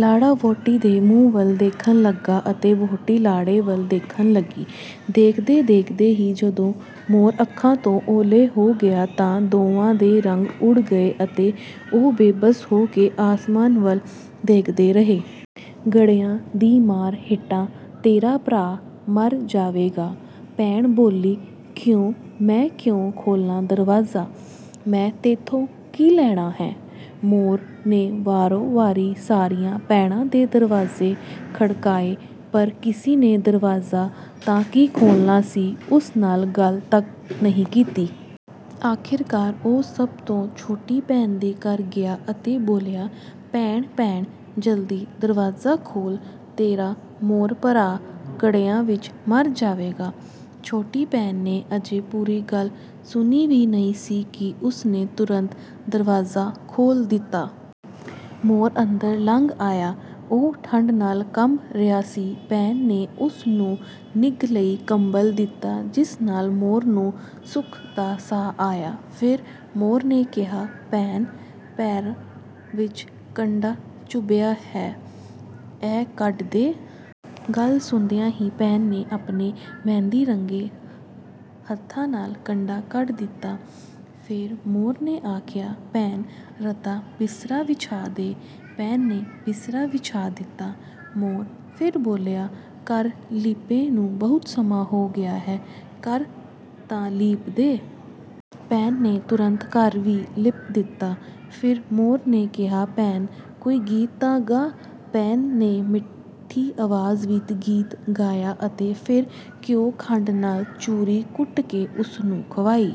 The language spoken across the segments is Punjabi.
ਲਾੜਾ ਵਹੁਟੀ ਦੇ ਮੂੰਹ ਵੱਲ ਦੇਖਣ ਲੱਗਾ ਅਤੇ ਵਹੁਟੀ ਲਾੜੇ ਵੱਲ ਦੇਖਣ ਲੱਗੀ। ਦੇਖਦੇ-ਦੇਖਦੇ ਹੀ ਜਦੋਂ ਮੋਰ ਅੱਖਾਂ ਤੋਂ ਓਹਲੇ ਹੋ ਗਿਆ ਤਾਂ ਦੋਵਾਂ ਦੇ ਰੰਗ ਉੱਡ ਗਏ ਅਤੇ ਉਹ ਬੇਵਸ ਹੋ ਕੇ ਆਸਮਾਨ ਵੱਲ ਦੇਖਦੇ ਰਹੇ। ਗੜਿਆਂ ਦੀ ਮਾਰ ਹੇਠਾਂ ਤੇਰਾ ਭਰਾ ਮਰ ਜਾਵੇਗਾ।" ਭੈਣ ਬੋਲੀ, "ਕਿਉਂ? ਮੈਂ ਕਿਉਂ ਖੋਲ੍ਹਾਂ ਦਰਵਾਜ਼ਾ? ਮੈਂ ਤੈਥੋਂ ਕੀ ਲੈਣਾ ਹੈ?" ਮੋਰ ਨੇ ਵਾਰੋ-ਵਾਰੀ ਸਾਰੀਆਂ ਭੈਣਾਂ ਦੇ ਦਰਵਾਜ਼ੇ ਖੜਕਾਏ, ਪਰ ਕਿਸੇ ਨੇ ਦਰਵਾਜ਼ਾ ਤਾਂ ਕੀ ਖੋਲ੍ਹਣਾ ਸੀ, ਉਸ ਨਾਲ ਗੱਲ ਤੱਕ ਨਹੀਂ ਕੀਤੀ। ਆਖ਼ਰਕਾਰ ਉਹ ਸਭ ਤੋਂ ਛੋਟੀ ਭੈਣ ਦੇ ਘਰ ਗਿਆ ਅਤੇ ਬੋਲਿਆ, "ਭੈਣ-ਭੈਣ, ਜਲਦੀ ਦਰਵਾਜ਼ਾ ਖੋਲ੍ਹ, ਤੇਰਾ ਮੋਰ ਭਰਾ ਗੜਿਆਂ ਵਿੱਚ ਮਰ ਜਾਵੇਗਾ।" ਛੋਟੀ ਭੈਣ ਨੇ ਅਜੇ ਪੂਰੀ ਗੱਲ ਸੁਣੀ ਵੀ ਨਹੀਂ ਸੀ ਕਿ ਉਸ ਨੇ ਤੁਰੰਤ ਦਰਵਾਜ਼ਾ ਖੋਲ੍ਹ ਦਿੱਤਾ। ਮੋਰ ਅੰਦਰ ਲੰਘ ਆਇਆ, ਉਹ ਠੰਢ ਨਾਲ ਕੰਬ ਰਿਹਾ ਸੀ। ਭੈਣ ਨੇ ਉਸ ਨੂੰ ਨਿੱਘ ਲਈ ਕੰਬਲ ਦਿੱਤਾ, ਜਿਸ ਨਾਲ ਮੋਰ ਨੂੰ ਸੁੱਖ ਦਾ ਸਾਹ ਆਇਆ। ਫਿਰ ਮੋਰ ਨੇ ਕਿਹਾ, "ਭੈਣ, ਪੈਰ ਵਿੱਚ ਕੰਡਾ ਚੁਭਿਆ ਹੈ, ਇਹ ਕੱਢ ਦੇ।" ਗੱਲ ਸੁਣਦਿਆਂ ਹੀ ਭੈਣ ਨੇ ਆਪਣੇ ਮਹਿੰਦੀ ਰੰਗੇ ਹੱਥਾਂ ਨਾਲ ਕੰਡਾ ਕੱਢ ਦਿੱਤਾ। ਫਿਰ ਮੋਰ ਨੇ ਆਖਿਆ, "ਭੈਣ, ਰਤਾ ਬਿਸਤਰਾ ਵਿਛਾ ਦੇ।" ਭੈਣ ਨੇ ਬਿਸਤਰਾ ਵਿਛਾ ਦਿੱਤਾ। ਮੋਰ ਫਿਰ ਬੋਲਿਆ, "ਘਰ ਲਿੱਪੇ ਨੂੰ ਬਹੁਤ ਸਮਾਂ ਹੋ ਗਿਆ ਹੈ, ਘਰ ਤਾਂ ਲਿੱਪ ਦੇ।" ਭੈਣ ਨੇ ਤੁਰੰਤ ਘਰ ਵੀ ਲਿੱਪ ਦਿੱਤਾ। ਫਿਰ ਮੋਰ ਨੇ ਕਿਹਾ, "ਭੈਣ, ਕੋਈ ਗੀਤ ਤਾਂ ਗਾ।" ਭੈਣ ਨੇ ਮਿੱਠੀ ਆਵਾਜ਼ ਵਿੱਚ ਗੀਤ ਗਾਇਆ ਅਤੇ ਫਿਰ ਘਿਓ-ਖੰਡ ਨਾਲ ਚੂਰੀ ਕੁੱਟ ਕੇ ਉਸ ਨੂੰ ਖਵਾਈ।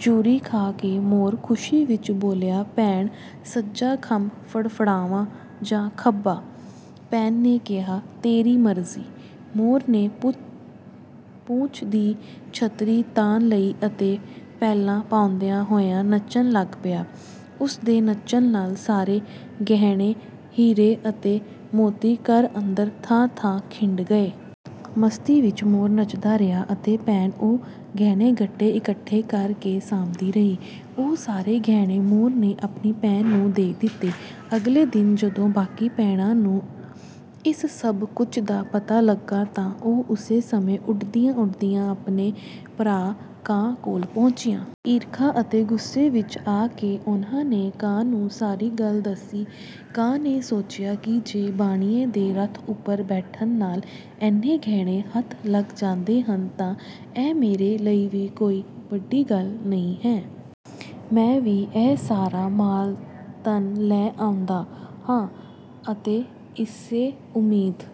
ਚੂਰੀ ਖਾ ਕੇ ਮੋਰ ਖ਼ੁਸ਼ੀ ਵਿੱਚ ਬੋਲਿਆ, "ਭੈਣ, ਸੱਜਾ ਖੰਭ ਫੜਫੜਾਵਾਂ ਜਾਂ ਖੱਬਾ?" ਭੈਣ ਨੇ ਕਿਹਾ, "ਤੇਰੀ ਮਰਜ਼ੀ।" ਮੋਰ ਨੇ ਪੂਛ ਦੀ ਛਤਰੀ ਤਾਣ ਲਈ ਅਤੇ ਪੈਲਾਂ ਪਾਉਂਦਾ ਹੋਇਆ ਨੱਚਣ ਲੱਗ ਪਿਆ। ਉਸ ਦੇ ਨੱਚਣ ਨਾਲ ਸਾਰੇ ਗਹਿਣੇ, ਹੀਰੇ ਅਤੇ ਮੋਤੀ ਘਰ ਅੰਦਰ ਥਾਂ-ਥਾਂ ਖਿੰਡ ਗਏ। ਮਸਤੀ ਵਿੱਚ ਮੋਰ ਨੱਚਦਾ ਰਿਹਾ ਅਤੇ ਭੈਣ ਉਹ ਗਹਿਣੇ-ਗੱਟੇ ਇਕੱਠੇ ਕਰ ਕੇ ਸਾਂਭਦੀ ਰਹੀ। ਉਹ ਸਾਰੇ ਗਹਿਣੇ ਮੋਰ ਨੇ ਆਪਣੀ ਭੈਣ ਨੂੰ ਦੇ ਦਿੱਤੇ। ਅਗਲੇ ਦਿਨ ਜਦੋਂ ਬਾਕੀ ਭੈਣਾਂ ਨੂੰ ਇਸ ਸਭ ਕੁਝ ਦਾ ਪਤਾ ਲੱਗਾ ਤਾਂ ਉਹ ਉਸੇ ਸਮੇਂ ਉੱਡਦੀਆਂ-ਉੱਡਦੀਆਂ ਆਪਣੇ ਭਰਾ ਕਾਂ ਕੋਲ ਪਹੁੰਚੀਆਂ। ਈਰਖਾ ਅਤੇ ਗੁੱਸੇ ਵਿੱਚ ਆ ਕੇ ਉਨ੍ਹਾਂ ਨੇ ਕਾਂ ਨੂੰ ਸਾਰੀ ਗੱਲ ਦੱਸੀ। ਕਾਂ ਨੇ ਸੋਚਿਆ ਕਿ ਜੇ ਬਾਣੀਏ ਦੇ ਰੱਥ ਉੱਪਰ ਬੈਠਣ ਨਾਲ ਇੰਨੇ ਗਹਿਣੇ ਹੱਥ ਲੱਗ ਜਾਂਦੇ ਹਨ, ਤਾਂ ਇਹ ਮੇਰੇ ਲਈ ਵੀ ਕੋਈ ਵੱਡੀ ਗੱਲ ਨਹੀਂ ਹੈ। ਮੈਂ ਵੀ ਇਹ ਸਾਰਾ ਮਾਲ-ਧਨ ਲੈ ਆਉਂਦਾ ਹਾਂ, ਅਤੇ ਇਸੇ ਉਮੀਦ